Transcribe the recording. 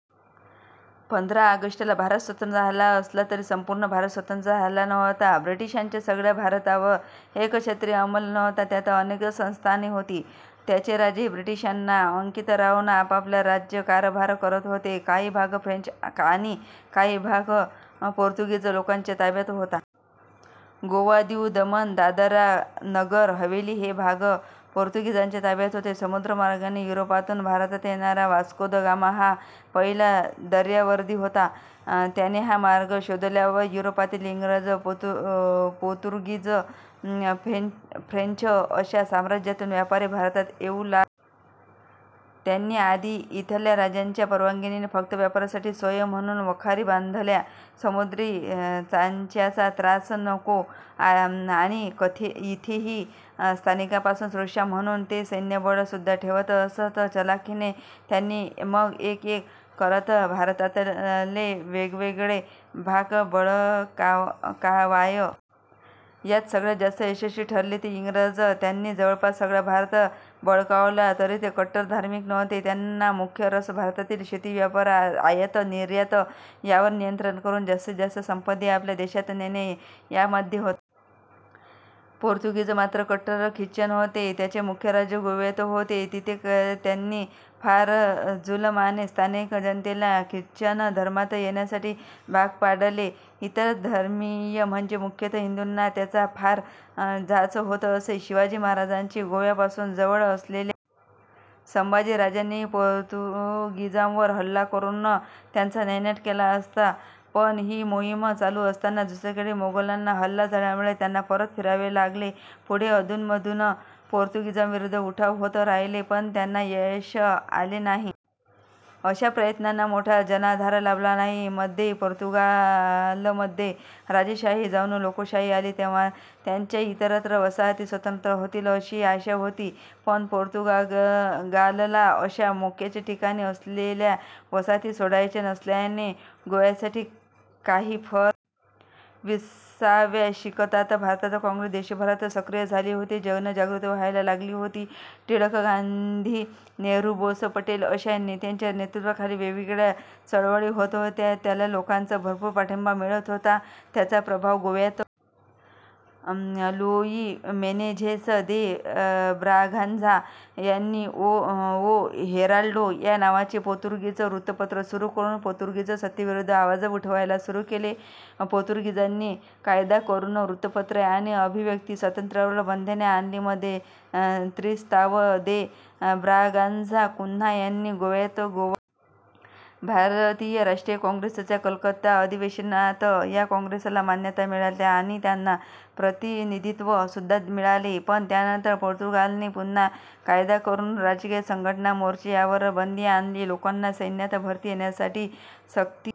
पंधरा ऑगस्ट ला भारत स्वतंत्र झाला असला तरी संपुर्ण भारत स्वतंत्र झाला नव्हता. ब्रिटिशांचा सगळ्या भारतावर एकछत्री अंमल नव्हता. त्यात अनेक संस्थाने होती, त्यांचे राजे ब्रिटिशांना अंकित राहुन आपापला राज्यकारभार करत होते. काही भाग फ्रेंच आणि काही भाग पोर्तुगीज लोकांच्या ताब्यात होता. गोवा, दीव, दमण, दादरा, नगर हवेली हे भाग पोर्तुगीजांच्या ताब्यात होते. समुद्र मार्गाने युरोपातुन भारतात येणारा वास्को द गामा हा पहिला दर्यावर्दी होता. त्याने हा मार्ग शोधल्यावर युरोपातील इंग्रज, पोर्तुगीज, फ्रेंच अशा साम्रज्यातून व्यापारी भारतात येऊ लागले. त्यांनी आधी इथल्या राजांच्या परवानगीने फक्त व्यापाराची सोय म्हणुन वखारी बांधल्या. समुद्री चाच्यांचा त्रास नको, आणि इथेही स्थानिकांपासुन सुरक्षा म्हणुन ते सैन्यबळ सुद्धा ठेवत असत. चलाखीने त्यांनी मग एक एक करत भारतातले वेगवेगळे भाग बळकावायला सुरुवात केली. यात सगळ्यात जास्त यशस्वी ठरले ते इंग्रज. त्यांनी जवळपास सगळा भारत बळकावला तरी ते कट्टर धार्मिक नव्हते. त्यांचा मुख्य रस भारतातील शेती, व्यापार, आयात निर्यात यावर नियंत्रण करून जास्तीत जास्त संपत्ती आपल्या देशात नेणे यामध्ये होता. पोर्तुगीज मात्र कट्टर ख्रिश्चन होते. त्यांचे मुख्य राज्य गोव्यात होते. तिथे त्यांनी फार जुलमाने स्थानिक जनतेला ख्रिश्चन धर्मात येण्यासाठी भाग पाडले. इतर धर्मीय म्हणजे मुख्यतः हिंदूंना त्यांचा फार जाच होत असे. शिवाजी महाराजांनी गोव्यापासून जवळ असलेल्या मालवण भागात सिंधुदुर्ग बांधला, आपले आरमार स्थापन करून त्यांना वचक बसवला होता. संभाजी राजांनीही पोर्तुगीजांवर हल्ला करून त्यांचा नायनाट केला असता पण हि मोहीम चालू असताना दुसरीकडे मोगलांचा हल्ला झाल्यामुळे त्यांना परत फिरावे लागले. पुढे अधून मधून पोर्तुगीजांविरुद्ध उठाव होत राहिले पण त्यांना यश आले नाही. अशा प्रयत्नांना मोठा जनाधार लाभला नाही. मध्ये पोर्तुगालमध्ये राजेशाही जाऊन लोकशाही आली तेव्हा त्यांच्या इतरत्र वसाहती स्वतंत्र होतील अशी आशा होती, पण पोर्तुगालला अशा मोक्याच्या ठिकाणी असलेल्या वसाहती सोडायच्या नसल्याने गोव्यासाठी काही फरक पडला नाही. विसाव्या शतकात भारतात काँग्रेस देशभरात सक्रिय झाली होती. जनजागृती व्हायला लागली होती. टिळक, गांधी, नेहरू, बोस, पटेल अशा नेत्यांच्या नेतृत्वाखाली वेगवेगळ्या चळवळी होत होत्या त्याला लोकांचा भरपुर पाठिंबा मिळत होता. त्याचा प्रभाव गोव्यातही पडत होता. लुई मेनेझेस दे ब्रागांझा यांनी ओ हेराल्डो या नावाचे पोर्तुगीज वृत्तपत्र सुरु करून पोर्तुगीज सत्तेविरुद्ध आवाज उठवायला सुरु केले. पोर्तुगीजांनी कायदा करून वृत्तपत्रे, आणि अभिव्यक्ती स्वातंत्र्यावर बंधने आणली. मध्ये त्रिस्ताव दे ब्रागांझा कुन्हा यांनी गोव्यात गोवा राष्ट्रीय काँग्रेसची स्थापना केली. भारतीय राष्ट्रीय काँग्रेसच्या कलकत्ता अधिवेशनात या काँग्रेसला मान्यता मिळाली आणि त्यांना प्रतिनिधित्व सुद्धा मिळाले. पण त्यानंतर पोर्तुगालने पुन्हा कायदा करून राजकीय संघटना, मोर्चे यावर बंदी आणली. लोकांना सैन्यात भरती होण्यासाठी सक्ती